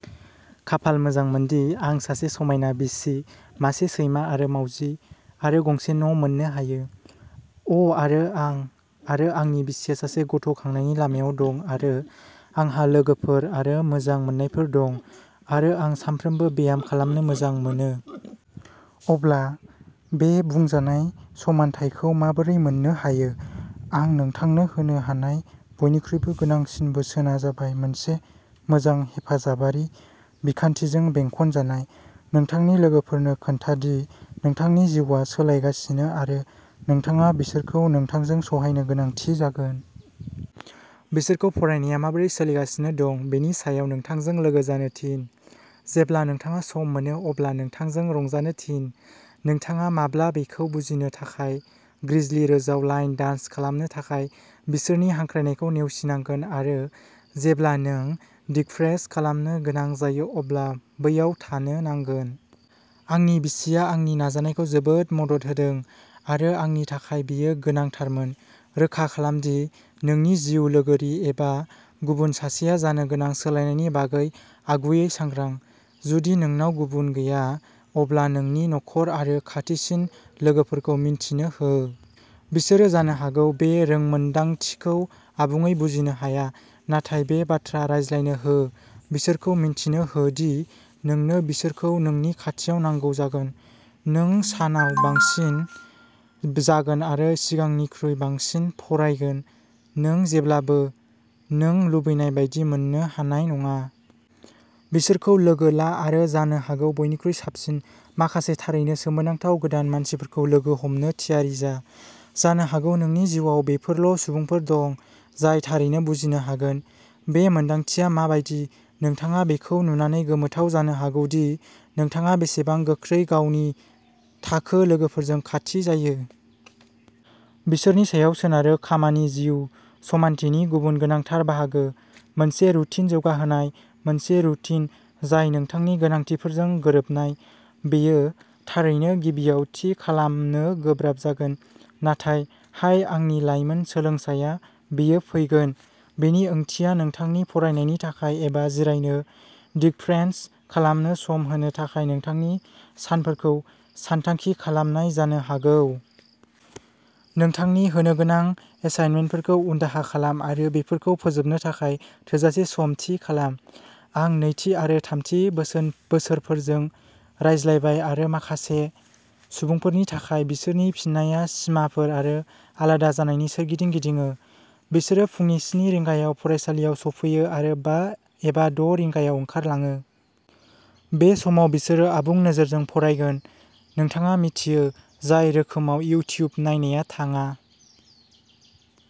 खाफाल मोजांमोनदि आं सासे समायना बिसि, मासे सैमा आरो मावजि, आरो गंसे न' मोन्नो हायो। अ' आरो आं आरो आंनि बिसिया सासे गथ' खांनायनि लामायाव दं आरो, आंहा लोगोफोर आरो मोजां मोननायफोर दं आरो आं सानफ्रोमबो ब्याम खालामनो मोजां मोनो। अब्ला, बे बुंजानाय समानथायखौ माबोरै मोन्नो हायो? आं नोंथांनो होनो हानाय बयनिख्रुइबो गोनांसिन बोसोनआ जाबाय मोनसे मोजां हेफाजाबारि बिखान्थिजों बेंखनजानाय। नोंथांनि लोगोफोरनो खोन्था दि नोंथांनि जिउआ सोलायगासिनो आरो नोंथाङा बिसोरखौ नोंथांजों सहायनो गोनांथि जागोन। बिसोरखौ फरायनाया माबोरै सोलिगासिनो दं बेनि सायाव नोंथांजों लोगो जानो थिन, जेब्ला नोंथाङा सम मोनो अब्ला नोंथांजों रंजानो थिन, नोंथाङा माब्ला बेखौ बुजिनो थाखाय। ग्रिजलि रोजआव लाइन डान्स खालामनो थाखाय बिसोरनि हांख्रायनायखौ नेवसिनांगोन, आरो जेब्ला नों डिकम्प्रेस खालामनो गोनां जायो अब्ला बैयाव थानो नांगोन। आंनि बिसिया आंनि नाजानायखौ जोबोद मदद होदों, आरो आंनि थाखाय बेयो गोनांथारमोन। रोखा खालाम दि नोंनि जिउ लोगोरि एबा गुबुन सासेआ जानो गोनां सोलायनायनि बागै आगुयै सांग्रां। जुदि नोंनाव गुबुन गैया, अब्ला नोंनि नखर आरो खाथिसिन लोगोफोरखौ मिन्थिनो हो। बिसोर जानो हागौ बे रोंमोनदांथिखौ आबुङै बुजिनो हाया, नाथाय बे बाथ्रा रायज्लायनो हो बिसोरखौ मिन्थिनो हो दि नोंनो बिसोरखौ नोंनि खाथियाव नांगौ जागोन। नों सानाव बांसिन जागोन आरो सिगांनिख्रुइ बांसिन फरायगोन। नों जेब्लाबो नों लुबैनाय बायदि मोन्नो हानाय नङा। बिसोरखौ लोगो ला आरो जानो हागौ बयनिख्रुइ साबसिन, माखासे थारैनो सोमोनांथाव गोदान मानसिफोरखौ लोगो हमनो थियारि जा। जानो हागौ नोंनि जिउआव बेफोरल' सुबुंफोर दं जाय थारैनो बुजिनो हागोन। बे मोन्दांथिया माबायदि। नोंथाङा बेखौ नुनानै गोमोथाव जानो हागौ दि नोंथाङा बेसेबां गोख्रै गावनि थाखो लोगोफोरजों खाथि जायो। बिसोरनि सायाव सोनारो खामानि जिउ समानथिनि गुबुन गोनांथार बाहागो मोनसे रुटिन जौगाहोनाय मोनसे रुटिन जाय नोंथांनि गोनांथिफोरजों गोरोबनाय। बेयो, थारैनो, गिबियाव थि खालामनो गोब्राब जागोन। नाथाय हाय, आंनि लाइमोन सोलोंसाया, बेयो फैगोन। बेनि ओंथिया नोंथांनि फरायनायनि थाखाय एबा जिरायनो डिकम्प्रेस खालामनो सम होनो थाखाय नोंथांनि सानफोरखौ सानथांखि खालामनाय जानो हागौ। नोंथांनि होनोगोनां एसाइनमेन्टफोरखौ उनदाहा खालाम आरो बेफोरखौ फोजोबनो थाखाय थोजासे सम थि खालाम। आं नैथि आरो थामथि बोसोरफोरजों रायज्लायबाय आरो माखासे सुबुंफोरनि थाखाय बिसोरनि फिननाया सिमाफोर आरो आलादा जानायनि सोरगिदिं गिदिङो। बिसोरो फुंनि स्नि रिंगायाव फरायसालियाव सफैयो आरो बा एबा द' रिंगायाव ओंखारलाङो। बे समाव बिसोरो आबुं नोजोरजों फरायगोन। नोंथाङा मिथियो, जाय रोखोमाव इउटिउब नायनाया थाङा।